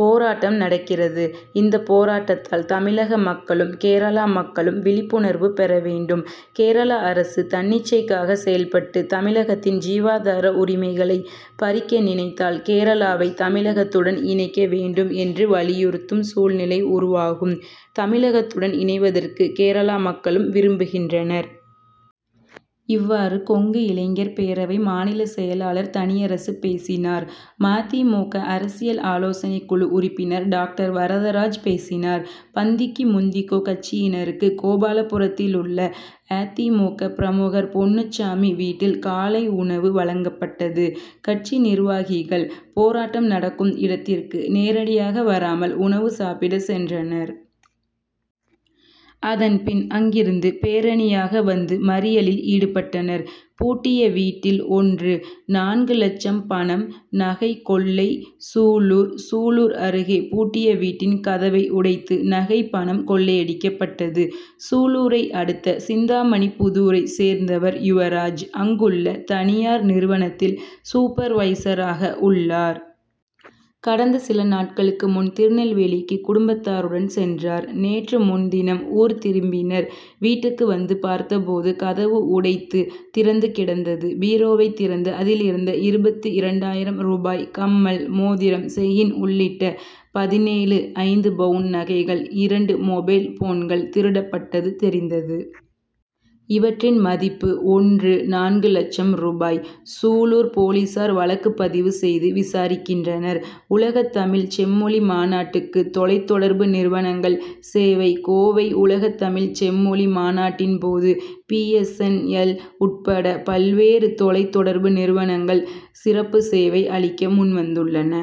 போராட்டம் நடக்கிறது. இந்த போராட்டத்தால் தமிழக மக்களும், கேரளா மக்களும் விழிப்புணர்வு பெற வேண்டும். கேரளா அரசு தன்னிச்சைக்காக செயல்பட்டு தமிழகத்தின் ஜீவாதார உரிமைகளை பறிக்க நினைத்தால், கேரளாவை தமிழகத்துடன் இணைக்க வேண்டும் என்று வலியுறுத்தும் சூழ்நிலை உருவாகும். தமிழகத்துடன் இணைவதற்கு கேரளா மக்களும் விரும்புகின்றனர். இவ்வாறு, கொங்கு இளைஞர் பேரவை மாநில செயலாளர் தனியரசு பேசினார். ம. தி. மு. க., அரசியல் ஆலோசனைக்குழு உறுப்பினர் டாக்டர் வரதராஜ் பேசினார். பந்திக்கு முந்திக்கோ! கட்சியினருக்கு கோபாலபுரத்திலுள்ள அ. தி. மு. க., பிரமுகர் பொன்னுச்சாமி வீட்டில் காலை உணவு வழங்கப்பட்டது. கட்சி நிர்வாகிகள் போராட்டம் நடக்கும் இடத்திற்கு நேரடியாக வராமல் உணவு சாப்பிட சென்றனர். அதன்பின், அங்கிருந்து பேரணியாக வந்து மறியலில் ஈடுபட்டனர். பூட்டிய வீட்டில் ஒன்று.நான்கு லட்சம் பணம், நகை கொள்ளை சூலூர். சூலூர் அருகே பூட்டிய வீட்டின் கதவை உடைத்து நகை பணம் கொள்ளையடிக்கப்பட்டது. சூலூரை அடுத்த சிந்தாமணிப்புதூரைச் சேர்ந்தவர் யுவராஜ். அங்குள்ள தனியார் நிறுவனத்தில் சூபர்வைசராக உள்ளார். கடந்த சில நாட்களுக்கு முன் திருநெல்வேலிக்கு குடும்பத்தாருடன் சென்றார். நேற்று முன்தினம் ஊர் திரும்பினர். வீட்டுக்கு வந்து பார்த்தபோது, கதவு உடைத்து திறந்து கிடந்தது. பீரோவைத் திறந்து அதிலிருந்த இருபத்து இரண்டு ஆயிரம் ரூபாய், கம்மல், மோதிரம், செயின் உள்ளிட்ட பதினேழு. ஐந்து பவுன் நகைகள், இரண்டு மொபைல் போன்கள் திருடப்பட்டது தெரிந்தது. இவற்றின் மதிப்பு ஒன்று.நான்கு லட்சம் ரூபாய். சூலூர் போலீசார் வழக்கு பதிவு செய்து விசாரிக்கின்றனர். உலகத்தமிழ்ச் செம்மொழி மாநாட்டுக்கு தொலைத்தொடர்பு நிறுவனங்கள் சேவை கோவை உலகத்தமிழ்ச் செம்மொழி மாநாட்டின்போது பி. எஸ். என். எல்., உட்பட பல்வேறு தொலைத் தொடர்பு நிறுவனங்கள் சிறப்பு சேவை அளிக்க முன்வந்துள்ளன.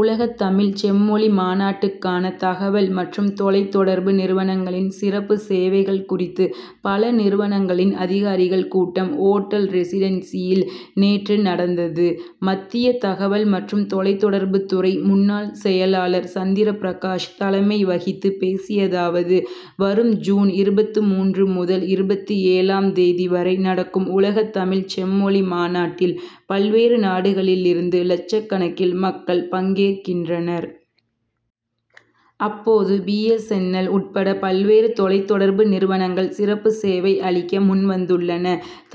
உலகத்தமிழ்ச் செம்மொழி மாநாட்டுக்கான தகவல் மற்றும் தொலைத் தொடர்பு நிறுனங்களின் சிறப்பு சேவைகள் குறித்து, பல நிறுவனங்களின் அதிகாரிகள் கூட்டம் ஓட்டல் ரெசிடென்சியில் நேற்று நடந்தது. மத்திய தகவல் மற்றும் தொலைத் தொடர்புத்துறை முன்னாள் செயலாளர் சந்திர பிரகாஷ் தலைமை வகித்து பேசியதாவது. வரும் ஜூன் இருபத்து மூன்று முதல் இருபத்து ஏழு ம் தேதி வரை நடக்கும் உலகத்தமிழ்ச் செம்மொழி மாநாட்டில், பல்வேறு நாடுகளிலிருந்து லட்சக்கணக்கில் மக்கள் பங்கேற்கின்றனர். அப்போது பி. எஸ். என். எல்., உட்பட பல்வேறு தொலைத் தொடர்பு நிறுவனங்கள் சிறப்பு சேவை அளிக்க முன்வந்துள்ளன.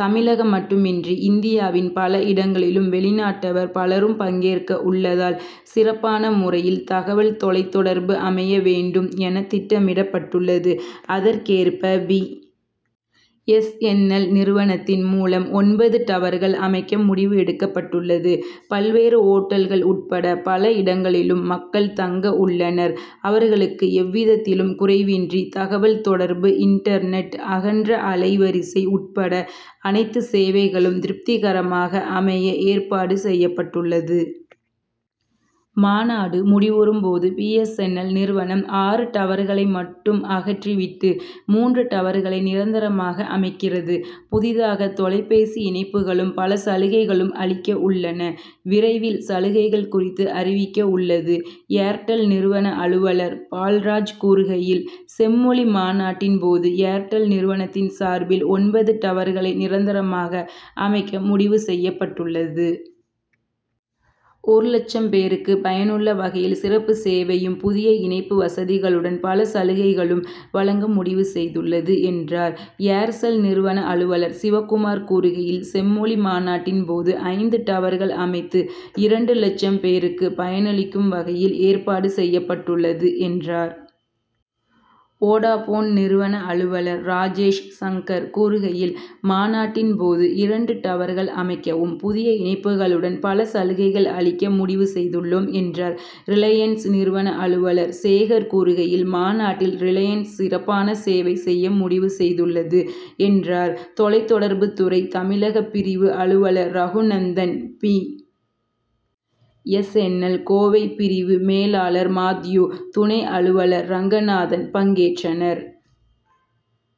தமிழகம் மட்டுமின்றி, இந்தியாவின் பல இடங்களிலும், வெளிநாட்டவர் பலரும் பங்கேற்க உள்ளதால் சிறப்பான முறையில் தகவல் தொலைத்தொடர்பு அமைய வேண்டும் என திட்டமிடப்பட்டுள்ளது. அதற்கேற்ப பி. எஸ். என். எல்., நிறுவனத்தின் மூலம் ஒன்பது டவர்கள் அமைக்க முடிவு எடுக்கப்பட்டுள்ளது. பல்வேறு ஓட்டல்கள் உட்பட பல இடங்களிலும் மக்கள் தங்க உள்ளனர். அவர்களுக்கு எவ்விதத்திலும் குறைவின்றி தகவல் தொடர்பு இன்டர்நெட், அகன்ற அலை வரிசை உட்பட அனைத்து சேவைகளும் திருப்திகரமாக அமைய ஏற்பாடு செய்யப்பட்டுள்ளது. மாநாடு முடிவுறும் போது பி. எஸ். என். எல்., நிறுவனம் ஆறு டவர்களை மட்டும் அகற்றி விட்டு, மூன்று டவர்களை நிரந்தரமாக அமைக்கிறது. புதிதாக தொலை பேசி இணைப்புகளும் பல சலுகைகளும் அளிக்க உள்ளன. விரைவில் சலுகைகள் குறித்து அறிவிக்க உள்ளது. ஏர் டெல்' நிறுவன அலுவலர் பால்ராஜ் கூறுகையில், செம்மொழி மாநாட்டின் போது ஏர் டெல் நிறுவனத்தின் சார்பில் ஒன்பது டவர்களை நிரந்தரமாக அமைக்க முடிவு செய்யப்பட்டுள்ளது. ஒரு லட்சம் பேருக்கு பயனுள்ள வகையில் சிறப்பு சேவையும், புதிய இணைப்பு வசதிகளுடன், பல சலுகைகளும் வழங்க முடிவு செய்துள்ளது, என்றார். ஏர் செல்' நிறுவன அலுவலர் சிவக்குமார் கூறுகையில், செம்மொழி மாநாட்டின் போது ஐந்து டவர்கள் அமைத்து, இரண்டு லட்சம் பேருக்கு பயனளிக்கும் வகையில் ஏற்பாடு செய்யப்பட்டுள்ளது, என்றார். வோடாபோன் நிறுவன அலுவலர் ராஜேஷ் சங்கர் கூறுகையில், மாநாட்டின் போது இரண்டு டவர்கள் அமைக்கவும், புதிய இணைப்புகளுடன் பல சலுகைகள் அளிக்க முடிவு செய்துள்ளோம், என்றார். ரிலையன்ஸ் நிறுவன அலுவலர் சேகர் கூறுகையில், மாநாட்டில் ரிலையன்ஸ் சிறப்பான சேவை செய்ய முடிவு செய்துள்ளது, என்றார். தொலைத் தொடர்புத் துறை தமிழக பிரிவு அலுவலர் ரகுநந்தன், பி. எஸ். என். எல்.,கோவை பிரிவு மேலாளர் மாத்யூ, துணை அலுவலர் ரங்கநாதன் பங்கேற்றனர்.